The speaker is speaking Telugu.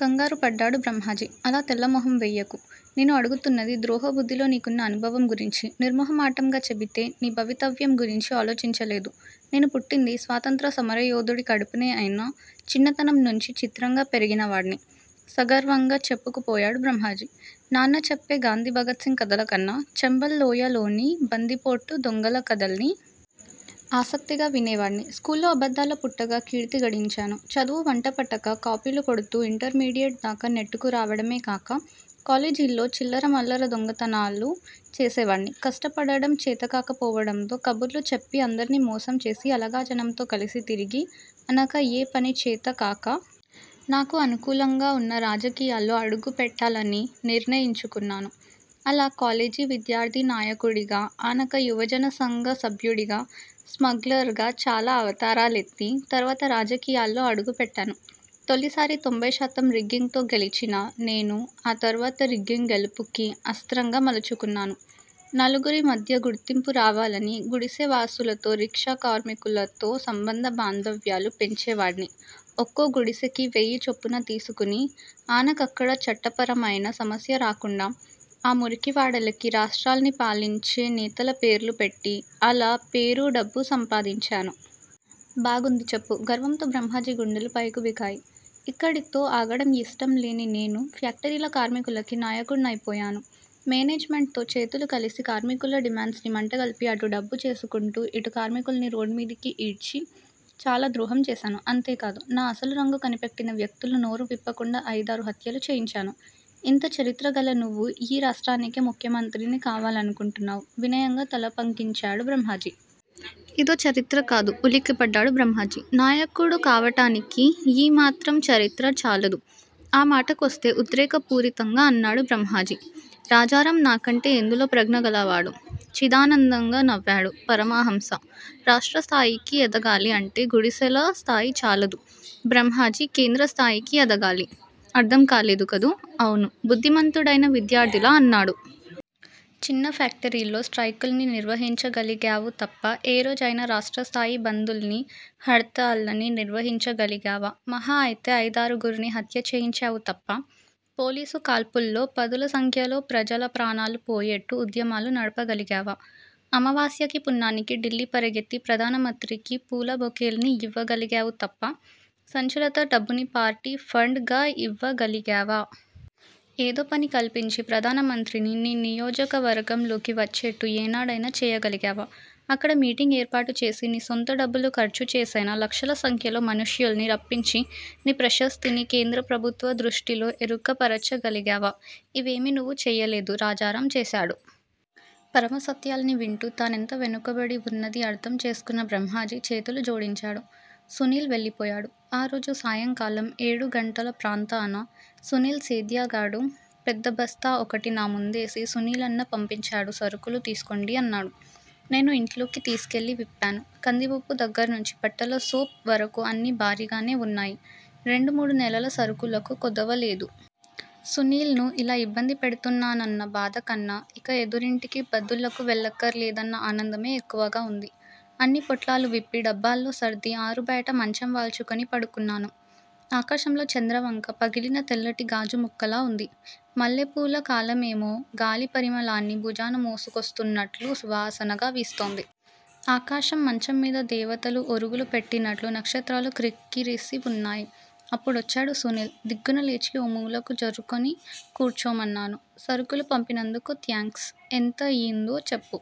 కంగారుపడ్డాడు బ్రహ్మాజీ. అలాతెల్లమొహంవేయకు నేను అడుగుతున్నది ద్రోహ బుద్దిలో నీకున్న అనుభవంగురించి నిర్మొహమాటంగాచెబితే నీభవితవ్యం గురించి ఆలోచించలేదు నేనుపుట్టింది స్వాతంత్ర్యసమరయోధుడి కడుపునే అయినా చిన్నతనంనుంచి చిత్రంగా పెరిగినవాడ్ని సగర్వంగా చెప్పుకు పోయాడు బ్రహ్మాజీ, నాన్న చెప్పే గాంధిభగత్ సింగ్ కథలకన్నా చంబల్ లోయలోని బందిపోటు దొంగలకథల్ని ఆసక్తిగా వినేవాడ్ని స్కూల్లో అబద్దాల పుట్టగా కీర్తి గడించాను చదువువంటపట్టక కాపీలు కొడుతూ ఇంటర్ మీడియెట్ దాకా నెట్టుకురావడమే కాక కాలేజీల్లో చిల్లరమల్లర దొంగతనాలూ చేసేవాడ్ని కష్టపడడం చేతకాకపోవడంతో కబుర్లు చెప్పి అందర్నీ మోసం చేసి అలగాజనంతో కలిసి తిరిగి అనక ఏ పనిచేత కాక నాకు అనుకూలంగావున్న రాజకీయాల్లో అడుగు పెట్టాలని నిర్ణయించుకున్నాను అలా కాలేజీ విద్యార్ధినాయకుడిగా ఆనక యువజనసంఘ సభ్యుడిగా స్మగ్లర్ గా చాలా అవతారాలెత్తి, తర్వాత రాజకీయాల్లో అడుగు పెట్టాను తొలిసారి తొంభైశాతం రిగ్గింగ్ తో గెలిచినా నేను ఆ తర్వాత రిగ్గింగ్ గెలుపుకి అస్త్రంగా మలచుకున్నాను, నలుగురి మధ్యగుర్తింపు రావాలని గుడిసెవాసులతో, రిక్షా కార్మికులతో సంబంధ బాంధవ్యాలు పెంచేవాడ్ని ఒక్కో గుడిసెకి వెయ్యి చొప్పున తీసుకుని ఆనకక్కడ చట్టపరమైన సమస్య రాకుండా ఆ మురికివాడలకి రాష్ట్రాల్నిపాలించే నేతలపేర్లు పెట్టి అలా పేరూడబ్బూ సంపాదించాను. బాగుంది చెప్పు గర్వంతో బ్రహ్మాజీగుండెలు పైకుబికాయి ఇక్కడితో ఆగడం యిష్టంలేనినేను ఫ్యాక్టరీల కార్మికులకి నాయకుడ్నయిపోయాను మేనేజ్ మెంట్ తో చేతులు కలిసికార్మికుల డిమాండ్స్ ని మంటగలిపి అటుడబ్బు చేసుకుంటూ ఇటు కార్మికుల్ని రోడ్డుమీదకి ఈడ్చి చాలా ద్రోహం చేశాను. అంతేకాదు, నా అసలు రంగు కనిపెట్టినవ్యక్తులు నోరు విప్పకుండా అయిదారు హత్యలూచేయించాను ఇంతచరిత్ర గల నువ్వు యీ రాష్ట్రానికే ముఖ్యమంత్రిని కావాలనుకుంటున్నావు వినయంగా తలపంకించాడు బ్రహ్మాజీ. ఇదోచరిత్ర కాదు ఉలికిపడ్డాడు బ్రహ్మాజీ నాయకుడుకావటానికి యీ మాత్రంచరిత్ర చాలదు, ఆమాటకొస్తే ఉద్రేకపూరితంగా అన్నాడు బ్రహ్మాజీ రాజారాం నాకంటే ఎందులో ప్రజ్ఞ గలవాడు చిదానందంగా నవ్వాడు పరమహంస రాష్ట్రస్థాయికి ఎదగాలి అంటే గుడిసెల స్థాయిచాలదు బ్రహ్మాజీ కేంద్రస్థాయికి ఎదగాలి. అర్ధం కాలేదు కదూ అవును బుద్దిమంతుడైన విద్యార్ధిలా అన్నాడు. చిన్న ఫేక్టరీల్లో స్ట్రయికుల్ని నిర్వహించగాలిగావు తప్ప ఏ రోజయినా రాష్ట్రస్థాయి బందుల్నీ, హర్తాళ్ళని నిర్వహించగలిగావా మహా అయితే అయిదారుగుర్ని హత్యచేయించావు తప్ప పోలీసు కాల్పుల్లో పదుల సంఖ్యలో ప్రజల ప్రాణాలు పోయేట్టు ఉద్యమాలు నడపగలిగావా? అమావాస్యకి పున్నానికి ఢిల్లీ పరిగెత్తి ప్రధానమత్రికి పూలబొకేల్ని యివ్వగలిగావు తప్ప సంచులతో డబ్బుని పార్టీ ఫండ్ గాయివ్వగలిగావా? ఏదో పని కల్పించి ప్రధాన మంత్రిని నీ నియోజకవర్గంలోకి వచ్చేట్టు ఏనాడైనా చేయగలిగావా అక్కడ మీటింగ్ ఏర్పాటు చేసి నీ సొంత డబ్బులు ఖర్చుచేసైనా లక్షల సంఖ్యలో మనుష్యుల్ని రప్పించి నీ ప్రశస్తిని కేంద్రప్రభుత్వ దృష్టిలో ఎరుక పరచగలిగావా ఇవేమీ నువ్వు చెయ్యలేదు. రాజారాం చేశాడు. పరమసత్యాల్ని వింటూ తానెంత వెనుకబడి వున్నదీఅర్ధం చేసుకున్న బ్రహ్మాజీ చేతులు జోడించాడు. సునీల్ వెళ్ళిపోయాడు. ఆరోజు సాయంకాలం ఏడుగంటల ప్రాంతాన సునీల్ సేద్యగాడు పెద్దబస్తా ఒకటి నాముందేసి సునీలన్న పంపించాడు సరుకులు తీసుకోండి అన్నాడు. నేను ఇంట్లోకి తీసుకెళ్ళి విప్పాను. కందిపప్పు దగ్గర్నుంచి, బట్టల సోప్ వరకు అన్నీ భారీగానే వున్నాయి రెండు మూడు నెలల సరుకులకు కొదవలేదు. సునీల్ ను ఇలా ఇబ్బంది పెడుతున్నానన్న బాధ కన్నా ఇక ఎదురింటికి బదుళ్ళకు వెళ్ళక్కరలేదన్న ఆనందమే ఎక్కువగా వుంది. అన్ని పొట్లాలు విప్పి, డబ్బాల్లో సర్ది ఆరుబయట మంచం వాల్చుకుని పడుకున్నాను. ఆకాశంలో చంద్రవంక పగిలిన తెల్లటిగాజు ముక్కలా వుంది. మల్లెపూల కాలమేమో గాలి పరిమళాన్ని భుజాన మోసుకొస్తున్నట్లు సువాసనగా వీస్తోంది. ఆకాశం మంచంమీద దేవతలు ఒరుగులు పెట్టినట్లు నక్షత్రాలు క్రిక్కిరిసి వున్నాయి. అప్పుడొచ్చాడు సునీల్, దిగ్గునలేచి ఓమూలకు జరుక్కొని కూర్చోమన్నాను. సరుకులు పంపినందుకు థ్యాంక్స్ ఎంతయిందో చెప్పు